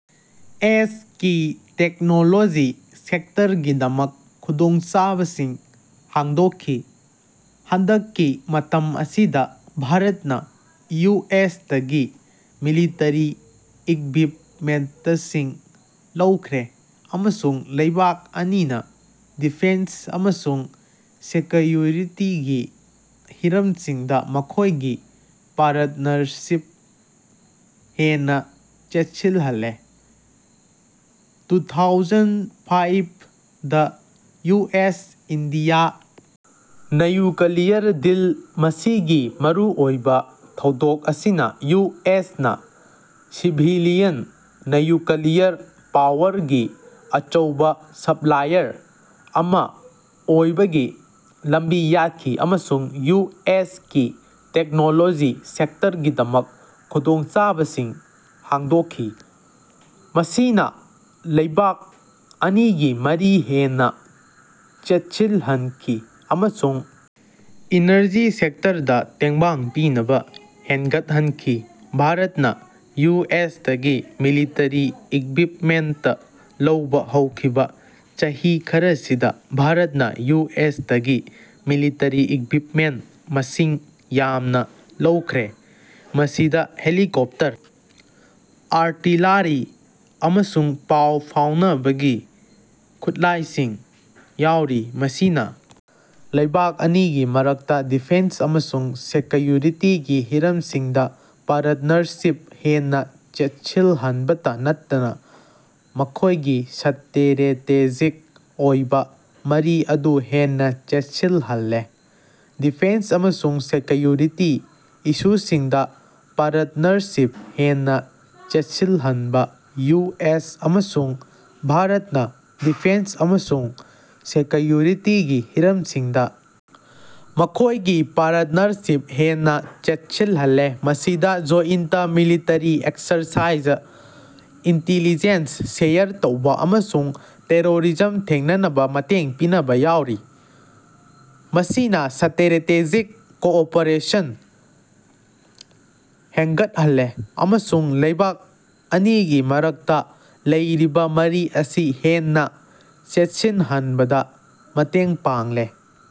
ꯑꯦꯁ ꯀꯤ ꯇꯦꯛꯅꯣꯂꯣꯖꯤ ꯁꯦꯛꯇꯔꯒꯤꯗꯃꯛ ꯈꯨꯗꯣꯡꯆꯥꯕꯁꯤꯡ ꯍꯥꯡꯗꯣꯛꯈꯤ꯫ ꯍꯟꯗꯛꯀꯤ ꯃꯇꯝ ꯑꯁꯤꯗ ꯚꯥꯔꯠꯅ ꯌꯨ ꯑꯦꯁ ꯇꯒꯤ ꯃꯤꯂꯤꯇꯔꯤ ꯏꯛꯕꯤꯞꯃꯦꯟꯇꯁꯤꯡ ꯂꯧꯈ꯭ꯔꯦ ꯑꯃꯁꯨꯡ ꯂꯩꯕꯥꯛ ꯑꯅꯤꯅ ꯗꯤꯐꯦꯟꯁ ꯑꯃꯁꯨꯡ ꯁꯦꯀꯌꯨꯔꯤꯇꯤꯒꯤ ꯍꯤꯔꯝꯁꯤꯡꯗ ꯃꯈꯣꯏꯒꯤ ꯄꯥꯔꯠꯅꯔꯁꯤꯞ ꯍꯦꯟꯅ ꯆꯦꯠꯁꯤꯜꯍꯜꯂꯦ꯫ ꯇꯨꯊꯥꯎꯖꯟ ꯐꯥꯏꯞ ꯗ U S India nuclear deal ꯃꯁꯤꯒꯤ ꯃꯔꯨꯑꯣꯏꯕ ꯊꯧꯗꯣꯛ ꯑꯁꯤꯅ ꯌꯨ ꯑꯦꯁ ꯅ ꯁꯤꯚꯤꯂꯤꯌꯟ ꯅꯌꯨꯀꯂꯤꯌꯔ ꯄꯥꯋꯔꯒꯤ ꯑꯆꯧꯕ ꯁꯞꯂꯥꯏꯌꯔ ꯑꯃ ꯑꯣꯏꯕꯒꯤ ꯂꯝꯕꯤ ꯌꯥꯠꯈꯤ ꯑꯃꯁꯨꯡ ꯌꯨ ꯑꯦꯁ ꯀꯤ ꯇꯦꯛꯅꯣꯂꯣꯖꯤ ꯁꯦꯛꯇꯔꯒꯤꯗꯃꯛ ꯈꯨꯗꯣꯡꯆꯥꯕꯁꯤꯡ ꯍꯥꯡꯗꯣꯛꯈꯤ꯫ ꯃꯁꯤꯅ ꯂꯩꯕꯥꯛ ꯑꯅꯤꯒꯤ ꯃꯔꯤ ꯍꯦꯟꯅ ꯆꯦꯠꯁꯤꯜꯍꯟꯈꯤ ꯑꯃꯁꯨꯡ ꯏꯅꯔꯖꯤ ꯁꯦꯛꯇꯔꯗ ꯇꯦꯡꯕꯥꯡ ꯄꯤꯅꯕ ꯍꯦꯟꯒꯠꯍꯟꯈꯤ꯫ ꯚꯥꯔꯠꯠꯅ ꯌꯨ ꯑꯦꯁ ꯇꯒꯤ ꯃꯤꯂꯤꯇꯔꯤ ꯏꯛꯕꯤꯞꯃꯦꯟꯇ ꯂꯧꯕ ꯍꯧꯈꯤꯕ ꯆꯍꯤ ꯈꯔꯁꯤꯗ ꯚꯥꯔꯠꯅ ꯌꯨ ꯑꯦꯁ ꯇꯒꯤ ꯃꯤꯂꯤꯇꯔꯤ ꯏꯛꯕꯤꯞꯃꯦꯟ ꯃꯁꯤꯡ ꯌꯥꯝꯅ ꯂꯧꯈ꯭ꯔꯦ꯫ ꯃꯁꯤꯗ ꯍꯦꯂꯤꯀꯣꯞꯇꯔ ꯑꯥꯔꯇꯤꯂꯥꯔꯤ ꯑꯃꯁꯨꯡ ꯄꯥꯎ ꯐꯥꯎꯅꯕꯒꯤ ꯈꯨꯠꯂꯥꯏꯁꯤꯡ ꯌꯥꯎꯔꯤ꯫ ꯃꯁꯤꯅ ꯂꯩꯕꯥꯛ ꯑꯅꯤꯒꯤ ꯃꯔꯛꯇ ꯗꯤꯐꯦꯟꯁ ꯑꯃꯁꯨꯡ ꯁꯦꯀꯌꯨꯔꯤꯇꯤꯒꯤ ꯍꯤꯔꯝꯁꯤꯡꯗ ꯄꯥꯔꯠꯅꯔꯁꯤꯞ ꯍꯦꯟꯅ ꯆꯦꯠꯁꯤꯜꯍꯟꯕꯇ ꯅꯠꯇꯅ ꯃꯈꯣꯏꯒꯤ ꯁꯇꯔꯦꯇꯦꯖꯤꯛ ꯑꯣꯏꯕ ꯃꯔꯤ ꯑꯗꯨ ꯍꯦꯟꯅ ꯆꯦꯠꯁꯤꯜꯍꯜꯂꯦ꯫ ꯗꯤꯐꯦꯟꯁ ꯑꯃꯁꯨꯡ ꯁꯦꯀꯌꯨꯔꯤꯇꯤ ꯏꯁꯨꯁꯤꯡꯗ ꯄꯥꯔꯠꯅꯔꯁꯤꯞ ꯍꯦꯟꯅ ꯆꯦꯠꯁꯤꯜꯍꯟꯕ ꯌꯨ ꯑꯦꯁ ꯑꯃꯁꯨꯡ ꯚꯥꯔꯠꯅ ꯗꯤꯐꯦꯟꯁ ꯑꯃꯁꯨꯡ ꯁꯦꯀꯌꯨꯔꯤꯇꯤꯒꯤ ꯍꯤꯔꯝꯁꯤꯡꯗ ꯃꯈꯣꯏꯒꯤ ꯄꯥꯔꯠꯅꯔꯁꯤꯞ ꯍꯦꯟꯅ ꯆꯦꯠꯁꯤꯜꯍꯜꯂꯦ ꯃꯁꯤꯗ joint military exercise intelligence share ꯇꯧꯕ ꯑꯃꯁꯨꯡ ꯇꯦꯔꯣꯔꯤꯖꯝ ꯊꯦꯡꯅꯅꯕ ꯃꯇꯦꯡ ꯄꯤꯅꯕ ꯌꯥꯎꯔꯤ꯫ ꯃꯁꯤꯅ ꯁꯇꯔꯦꯇꯦꯖꯤꯛ ꯀꯣꯑꯣꯄꯔꯦꯁꯟ ꯍꯦꯡꯒꯠꯍꯜꯂꯦ ꯑꯃꯁꯨꯡ ꯂꯩꯕꯥꯛ ꯑꯅꯤꯒꯤ ꯃꯔꯛꯇ ꯂꯩꯔꯤꯕ ꯃꯔꯤ ꯑꯁꯤ ꯍꯦꯟꯅ ꯆꯦꯠꯁꯤꯟꯍꯟꯕꯗ ꯃꯇꯦꯡ ꯄꯥꯡꯂꯦ꯫